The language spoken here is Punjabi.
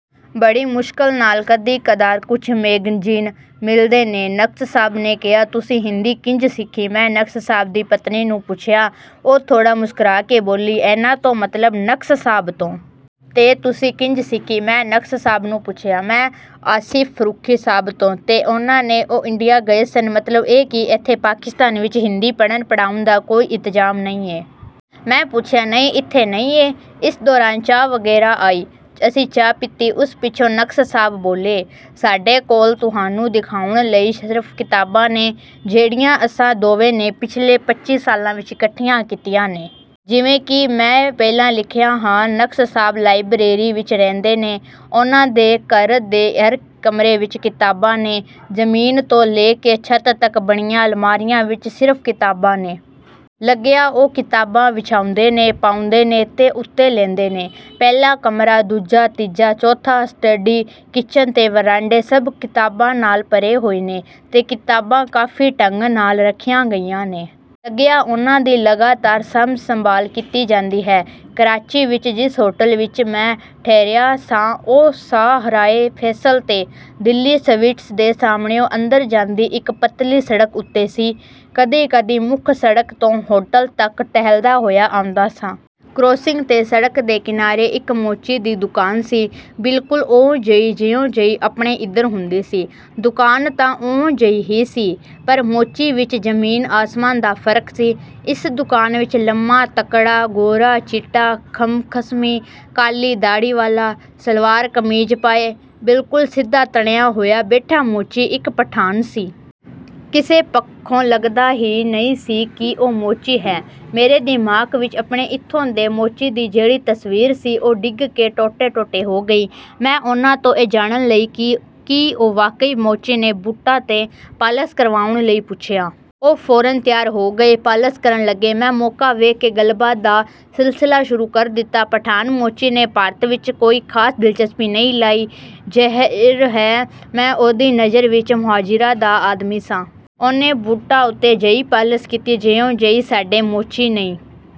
ਬੜੀ ਮੁਸ਼ਕਲ ਨਾਲ ਕਦੀ-ਕਦਾਰ ਕੁਝ ਮੈਗਜ਼ੀਨ ਮਿਲਦੇ ਨੇ।” ਨਕਸ਼ ਸਾਹਬ ਨੇ ਕਿਹਾ। “ਤੁਸੀਂ ਹਿੰਦੀ ਕਿੰਜ ਸਿੱਖੀ?” ਮੈਂ ਨਕਸ਼ ਸਾਹਬ ਦੀ ਪਤਨੀ ਨੂੰ ਪੁੱਛਿਆ। ਉਹ ਥੋੜ੍ਹਾ ਮੁਸਕੁਰਾ ਕੇ ਬੋਲੀ, “ਇਹਨਾਂ ਤੋਂ।” ਮਤਲਬ ‘ਨਕਸ਼’ ਸਾਹਬ ਤੋਂ। “ਤੇ ਤੁਸੀਂ ਕਿੰਜ ਸਿੱਖੀ?” ਮੈਂ ‘ਨਕਸ਼’ ਸਾਹਬ ਨੂੰ ਪੁੱਛਿਆ। “ਮੈਂ... ਆਸਿਫ ਫ਼ਰੂਖੀ ਸਾਹਬ ਤੋਂ।” “ਤੇ ਉਹਨਾਂ ਨੇ?” “ਉਹ ਇੰਡੀਆ ਗਏ ਸਨ...” “ਮਤਲਬ ਇਹ ਕਿ ਇੱਥੇ ਪਾਕਿਸਤਾਨ ਵਿਚ ਹਿੰਦੀ ਪੜ੍ਹਨ/ਪੜ੍ਹਾਉਣ ਦਾ ਕੋਈ ਇੰਤਜ਼ਾਮ ਨਹੀਂ ਏ...” ਮੈਂ ਪੁੱਛਿਆ। “ਨਹੀਂ, ਇੱਥੇ ਨਹੀਂ ਏ।” ਇਸ ਦੌਰਾਨ ਚਾਹ ਵਗੈਰਾ ਆਈ। ਅਸੀਂ ਚਾਹ ਪੀਤੀ। ਉਸ ਪਿੱਛੋਂ ‘ਨਕਸ਼’ ਸਾਹਬ ਬੋਲੇ, “ਸਾਡੇ ਕੋਲ ਤੁਹਾਨੂੰ ਦਿਖਾਉਣ ਲਈ ਸਿਰਫ਼ ਕਿਤਾਬਾਂ ਨੇ... ਜਿਹੜੀਆਂ ਅਸਾਂ ਦੋਵਾਂ ਨੇ ਪਿਛਲੇ ਪੱਚੀ ਸਾਲਾਂ ਵਿਚ ਇਕੱਠੀਆਂ ਕੀਤੀਆਂ ਨੇ।” ਜਿਵੇਂ ਕਿ ਮੈਂ ਪਹਿਲਾਂ ਲਿਖਿਆ ਹੈ, ਨਕਸ਼ ਸਾਹਬ ਲਾਇਬਰੇਰੀ ਵਿਚ ਰਹਿੰਦੇ ਨੇ। ਉਹਨਾਂ ਦੇ ਘਰ ਦੇ ਹਰ ਕਮਰੇ ਵਿਚ ਕਿਤਾਬਾਂ ਨੇ। ਜ਼ਮੀਨ ਤੋਂ ਲੈ ਕੇ ਛੱਤ ਤਕ ਬਣੀਆਂ ਅਲਮਾਰੀਆਂ ਵਿਚ ਸਿਰਫ਼ ਕਿਤਾਬਾਂ ਨੇ। ਲੱਗਿਆ ਉਹ ਕਿਤਾਬਾਂ ਵਿਛਾਉਂਦੇ ਨੇ, ਪਾਉਂਦੇ ਨੇ ਤੇ ਉੱਤੇ ਲੈਂਦੇ ਨੇ। ਪਹਿਲਾ ਕਮਰਾ, ਦੂਜਾ, ਤੀਜਾ, ਚੌਥਾ, ਸਟਡੀ, ਕਿਚਨ ਤੇ ਵਰਾਂਡੇ, ਸਭ ਕਿਤਾਬਾਂ ਨਾਲ ਭਰੇ ਹੋਏ ਨੇ। ਤੇ ਕਿਤਾਬਾਂ ਕਾਫ਼ੀ ਢੰਗ ਨਾਲ ਰੱਖੀਆਂ ਗਈਆਂ ਨੇ। ਲੱਗਿਆ ਉਹਨਾਂ ਦੀ ਲਗਾਤਾਰ ਸਾਂਭ-ਸੰਭਾਲ ਕੀਤੀ ਜਾਂਦੀ ਹੈ। ਕਰਾਚੀ ਵਿਚ ਜਿਸ ਹੋਟਲ ਵਿਚ ਮੈਂ ਠਹਿਰਿਆ ਸਾਂ, ਉਹ ਸ਼ਾਹਰਾਹੇ ਫੈਸਲ ’ਤੇ ‘ਦਿੱਲੀ ਸਵੀਟਸ’ ਦੇ ਸਾਹਮਣਿਓਂ ਅੰਦਰ ਜਾਂਦੀ ਇਕ ਪਤਲੀ ਸੜਕ ਉੱਤੇ ਸੀ। ਕਦੀ-ਕਦੀ ਮੁੱਖ ਸੜਕ ਤੋਂ ਹੋਟਲ ਤਕ ਟਹਿਲਦਾ ਹੋਇਆ ਆਉਂਦਾ ਸਾਂ। ਕਰਾਸਿੰਗ ’ਤੇ ਸੜਕ ਦੇ ਕਿਨਾਰੇ ਇਕ ਮੋਚੀ ਦੀ ਦੁਕਾਨ ਸੀ। ਬਿਲਕੁਲ ਓਹੋ-ਜਿਹੀ ਜਿਹੋ-ਜਿਹੀ ਆਪਣੇ ਇਧਰ ਹੁੰਦੀ ਹੈ। ਦੁਕਾਨ ਤਾਂ ਓਹੋ-ਜਿਹੀ ਹੀ ਸੀ, ਪਰ ਮੋਚੀ ਵਿਚ ਜ਼ਮੀਨ-ਆਸਮਾਨ ਦਾ ਫ਼ਰਕ ਸੀ। ਇਸ ਦੁਕਾਨ ਵਿਚ ਲੰਮਾ-ਤਕੜਾ, ਗੋਰਾ-ਚਿੱਟਾ, ਖਸ਼ਖਸ਼ੀ ਕਾਲੀ ਦਾੜ੍ਹੀ ਵਾਲਾ, ਸਲਵਾਰ ਕਮੀਜ਼ ਪਾਈ, ਬਿਲਕੁਲ ਸਿੱਧਾ ਤਣਿਆ ਹੋਇਆ ਬੈਠਾ ਮੋਚੀ ਇਕ ਪਠਾਨ ਸੀ। ਕਿਸੇ ਪੱਖੋਂ ਲੱਗਦਾ ਹੀ ਨਹੀਂ ਸੀ ਕਿ ਉਹ ਮੋਚੀ ਹੈ। ਮੇਰੇ ਦਿਮਾਗ਼ ਵਿਚ ਆਪਣੇ ਏਥੋਂ ਦੇ ਮੋਚੀ ਦੀ ਜਿਹੜੀ ਤਸਵੀਰ ਸੀ, ਉਹ ਡਿੱਗ ਕੇ ਟੋਟੇ-ਟੋਟੇ ਹੋ ਗਈ। ਮੈਂ ਉਹਨਾਂ ਤੋਂ ਇਹ ਜਾਣਨ ਲਈ ਕਿ ਕੀ ਉਹ ਵਾਕਈ ਮੋਚੀ ਨੇ, ਬੂਟਾਂ ’ਤੇ ਪਾਲਸ਼ ਕਰਵਾਉਣ ਲਈ ਪੁੱਛਿਆ। ਉਹ ਫ਼ੌਰਨ ਤਿਆਰ ਹੋ ਗਏ। ਪਾਲਸ਼ ਕਰਨ ਲੱਗੇ। ਮੈਂ ਮੌਕਾ ਵੇਖ ਕੇ ਗੱਲਬਾਤ ਦਾ ਸਿਲਸਿਲਾ ਸ਼ੁਰੂ ਕਰ ਦਿੱਤਾ। ਪਠਾਨ ਮੋਚੀ ਨੇ ਭਾਰਤ ਵਿਚ ਕੋਈ ਖਾਸ ਦਿਲਚਸਪੀ ਨਹੀਂ ਲਈ। ਜ਼ਾਹਿਰ ਹੈ, ਮੈਂ ਉਹਦੀ ਨਜ਼ਰ ਵਿਚ ਮੋਹਾਜਿਰਾਂ ਦਾ ਆਦਮੀ ਸਾਂ। ਉਹਨੇ ਬੂਟਾਂ ਉੱਤੇ ਅਜਿਹੀ ਪਾਲਸ਼ ਕੀਤੀ, ਜਿਹੋ-ਜਿਹੀ ਸਾਡੇ ਮੋਚੀ ਨਹੀਂ..